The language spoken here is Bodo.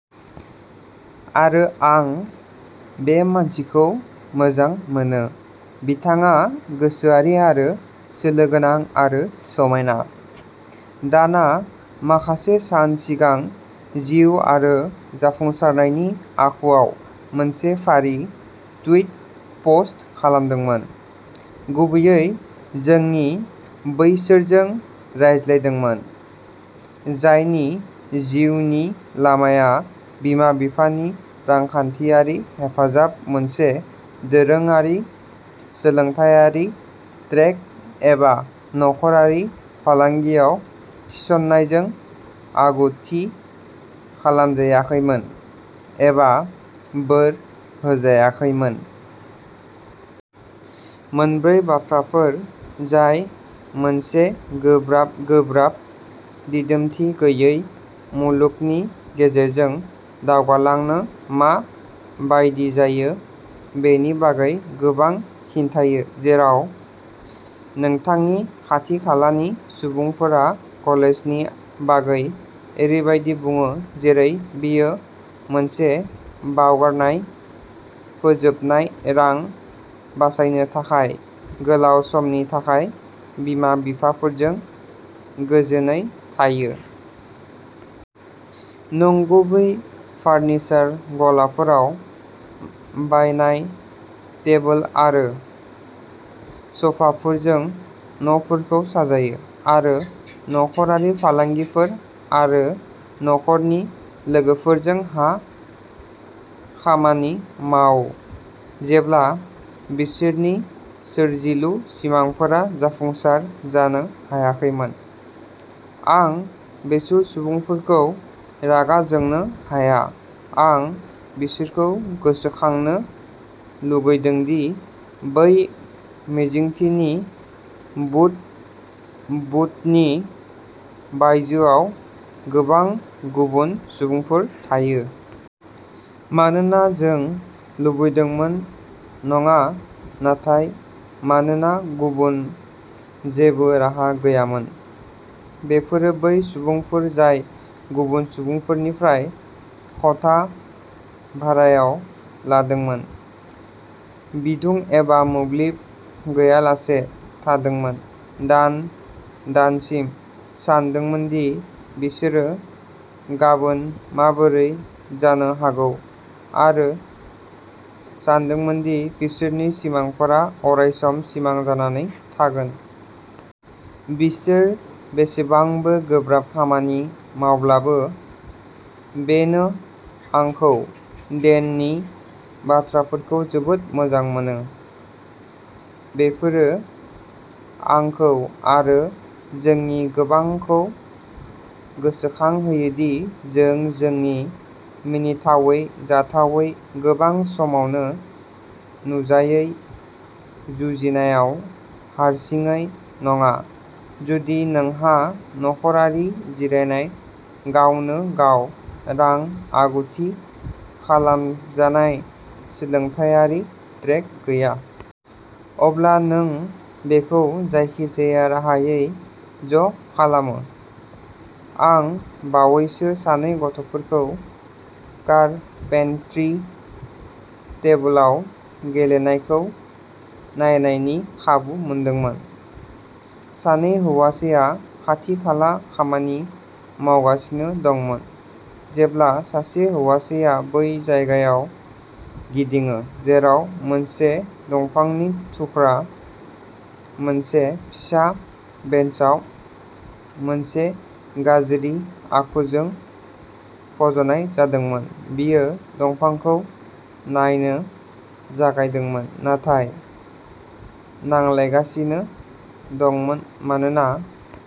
आरो आं बे मानसिखौ मोजां मोनो। बिथाङा गोसोआरि आरो सोलो गोनां आरो समायना। दानआ माखासे सान सिगां जिउ आरो जाफुंसारनायनि आखुआव मोनसे फारि टुइट पस्ट खालामदोंमोन। गुबैयै जोंनि बैसोरजों रायज्लायदोंमोन। जायनि जिउनि लामाया बिमा-बिफानि रांखान्थियारि हेफाजाब मोनसे दोरोङारि सोलोंथायारि ट्रेक एबा नखरारि फालांगियाव थिसननायजों आगु थि खालामजायाखैमोन एबा बोर होजायाखैमोन। मोनब्रै बाथ्राफोर जाय मोनसे गोब्राब गोब्राब दिदोमथि गैयै मुलुगनि गेजेरजों दावगालांनो मा बायदि जायो बेनि बागै गोबां खिन्थायो जेराव नोंथांनि खाथि-खालानि सुबुंफोरा कलेजनि बागै ओरैबायदि बुङो जेरै बेयो मोनसे बावगारनाय फोजोबनाय रां बासायनो थाखाय गोलाव समनि थाखाय बिमा-बिफाफोरजों गोजोनयै थायो। नंगुबै फारनिचार गलाफोराव बायनाय टेबोल आरो स'फाफोरजों न'फोरखौ साजायो। आरो नखरारि फालांगिफोर आरो नखरनि लोगोफोरजों हा खामानि मावो जेब्ला बिसोरनि सोरजिलु सिमांफोरा जाफुंसार जानो हायाखैमोन। आं बेसोर सुबुंफोरखौ रागा जोंनो हाया। आं बिसोरखौ गोसोखांहोनो लुगैदों दि बै मिजिंथिनि बुदबुदनि बायजोआव गोबां गुबुन सुबुंफोर थायो। मानोना जों लुबैदोंमोन नङा नाथाय मानोना गुबुन जेबो राहा गैयामोन। बेफोरो बै सुबुंफोर जाय गुबुन सुबुंफोरनिफ्राय खथा भारायाव लादोंमोन। बिदुं एबा मोब्लिब गैयालासे थांदोंमोन। दान-दानसिम सानदोंमोन दि बिसोरो गाबोन माबोरै जानो हागौ। आरो सानदोंमोन दि बिसोरनि सिमांफोरा अरायसम सिमां जानानै थागोन। बिसोर बेसेबांबो गोब्राब खामानि मावब्लाबो। बेनो आंखौ डेननि बाथ्राफोरखौ जोबोद मोजां मोनो। बेफोरो आंखौ आरो जोंनि गोबांखौ गोसोखांहोयो दि जों जोंनि मिनिथावै जाथावै गोबां समावनो नुजायै जुजिनायाव हारसिङै नङा। जुदि नोंहा नख'रारि जिरायनाय गावनो गाव रां आगु-थि खालामजानाय सोलोंथायारि ट्रेक गैया। अब्ला नों बेखौ जायखिजाया राहायै ज'खालामो। आं बावैसो सानै गथ'फोरखौ कारपेंट्रि टेबोलाव गेलेनायखौ नायनायनि खाबु मोनदोंमोन। सानै हौवासाया खाथि-खाला खामानि मावगासिनो दंमोन। जेब्ला सासे हौवासाया बै जायगायाव गिदिङो जेराव मोनसे दंफांनि थुख्रा मोनसे फिसा बेन्चआव मोनसे गाज्रि आखुजों फज'नाय जादोंमोन। बियो दंफांखौ नायनो जागायदोंमोन नाथाय नांलायगासिनो दंमोन मानोना